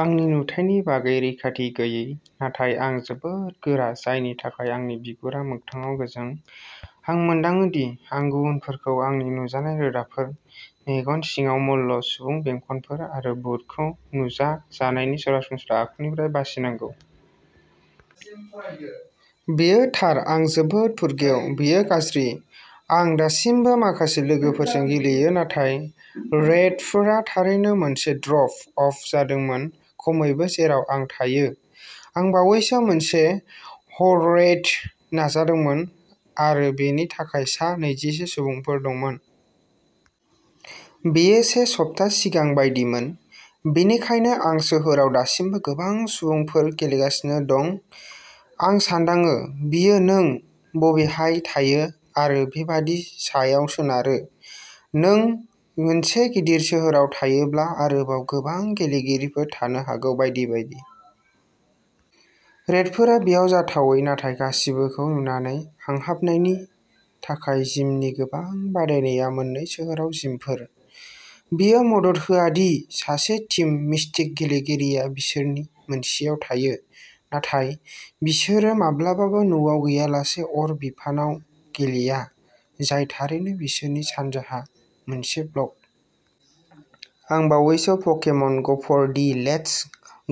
आंनि नुथायनि बागै रैखाथि गैयि, नाथाय आं जोबोद गोरा जानायनि थाखाय आंनि बिगुरा मोगथाङाव गोजों। आं मोनदाङो दि आं गुबुनफोरखौ आंनि नुजानाय रोदाफोर, मेगन सिङाव म'ल सुबुं बेंखनफोर, आरो भुतखौ नुजा जानायनि सरासनस्रा आखुनिफ्राय बासिनांगौ। बेयो थार आं जोबोद फुरगेव, बेयो गाज्रि। आं दासिमबो माखासे लोगोफोरजों गेलेयो नाथाय रेइडफोरा थारैनो मोनसे ड्रप अफ जादोंमोन खमैबो जेराव आं थायो। आं बावैसो मोनसे ह'अरेइड नाजादोंमोन आरो बेनि थाखाय सा नैजिसो सुबुंफोर दंमोन। बेयो से सप्ता सिगांनि बायदिमोन, बेनिखायनो आंनि सोहोराव दासिमबो गोबां सुबुंफोर गेलेगासिनो दं। आं सान्दाङो बेयो नों बबेहाय थायो आरो बेबादिनि सायाव सोनारो। नों मोनसे गिदिर सोहोराव थायोब्ला आरोबाव गोबां गेलेगिरिफोर थानो हागौ, बायदि बायदि। रेइडफोरा बेयाव जाथावै, नाथाय गासिबोखौ नुनानै हांहाबनायनि थाखाय जिमनि गोबां बादायनाया मोननै सोहोराव जिमफोर। बेयो मदद होआ दि सासे टिम मिस्टिक गेलेगिरिया बिसोरनि मोनसेयाव थायो। नाथाय बिसोरो माब्लाबाबो न'आव गैयालासे अर बिफानआव गेलेया, जाय थारैनो बिसोरनि सानजाहा मोनसे ब्लक। आं बावैसो पकेमन ग'फर दि लेट्स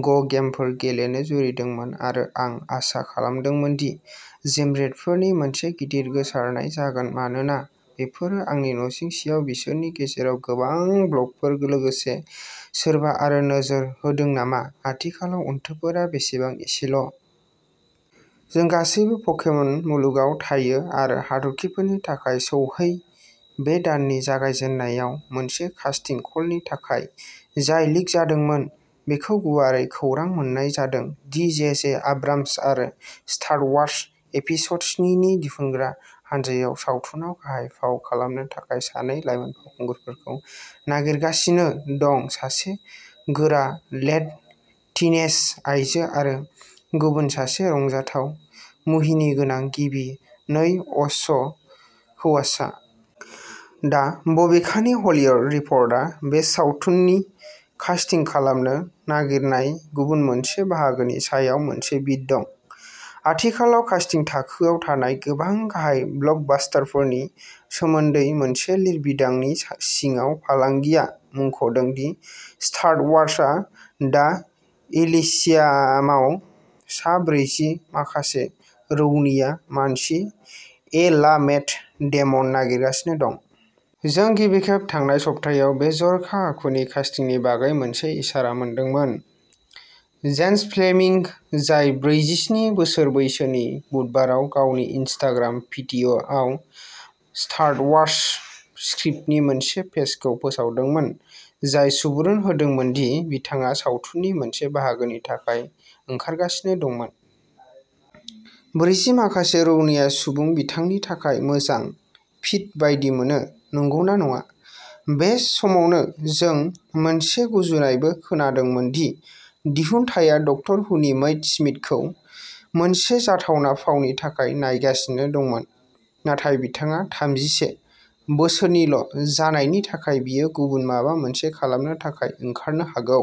ग' गेमफोर गेलेनो जुरिजेनदों आरो आं आसा खालामदोंमोन दि जिम रेइडफोरनि मोनसे गिदिर गोसारनाय जागोन मानोना बेफोरो आंनि नसुंसेआव बिसोरनि गेजेराव गोबां ब्लकफोर लोगोसे, सोरबा आरो नोजोर होदों नामा आथिखालाव अनथोबफोरा बेसेबां एसेल'? जों गासैबो पकेमन मुलुगाव थायो आरो हाथरखिफोरनि थाखाय सौहै बे दाननि जागायजेननायाव मोनसे कास्टिं कलनि थाखाय, जाय लिक जादोंमोन, बेखौ गुवारै खौरां मोन्नाय जादों दि जे जे आब्राम्स आरो स्टार अवार्स एपिस'ड स्नि नि दिहुनग्रा हानजाया सावथुनाव गाहाय फाव खालामनो थाखाय सानै लाइमोन फावखुंगुरफोरखौ नागिरगासिनो दं सासे गोरा लेट-टिनएज आइजो आरो गुबुन सासे रंजाथाव, मुहिनिगोनां गिबि नै अ'स हौवासा। दा, बबेखानि, हलिउद रिप'र्टरआ बे सावथुननि कास्टिं खालामनो नागिरनाय गुबुन मोनसे बाहागोनि सायाव मोनसे बीट दं। आथिखालाव कास्टिं थाखोआव थानाय गोबां गाहाय ब्लकबास्टारफोरनि सोमोन्दै मोनसे लिरबिदांनि सिङाव, फालांगिया मुंख'दों दि स्टार अवार्सआ दा एलिसियामाव सा ब्रैजि माखासे रौनिया मानसि ए ला मेट डेमन नागिरगासिनो दं। जों गिबि खेब थांनाय सप्तायाव बे जर'खा आखुनि कास्टिंनि बागै मोनसे इसारा मोनदोंमोन। जेसन फ्लेमिंग-जाय ब्रैजिस्नि बोसोर बैसोनि-बुधबाराव गावनि इनस्टाग्राम फिडआव स्टार अवार्स स्क्रिप्टनि मोनसे पेजखौ फोसावदोंमोन, जाय सुबुरुन होदोंमोन दि बिथाङा सावथुननि मोनसे बाहागोनि थाखाय ओंखारगासिनो दंमोन। ब्रैजि माखासे रौनिया सुबुं बिथांनि थाखाय मोजां फिट बायदि मोनो, नंगौना नङा? बे समावनो जों मोनसे गुजुनायबो खोनादोंमोन दि दिहुनथाया डक्टर हुनि मैट स्मिथखौ मोनसे जाथावना फावनि थाखाय नायगासिनो दंमोन, नाथाय बिथाङा थामजिसे बोसोरनिल'जानायनि थाखाय बियो गुबुन माबा मोनसे खालामनो थाखाय ओंखारनो हागौ।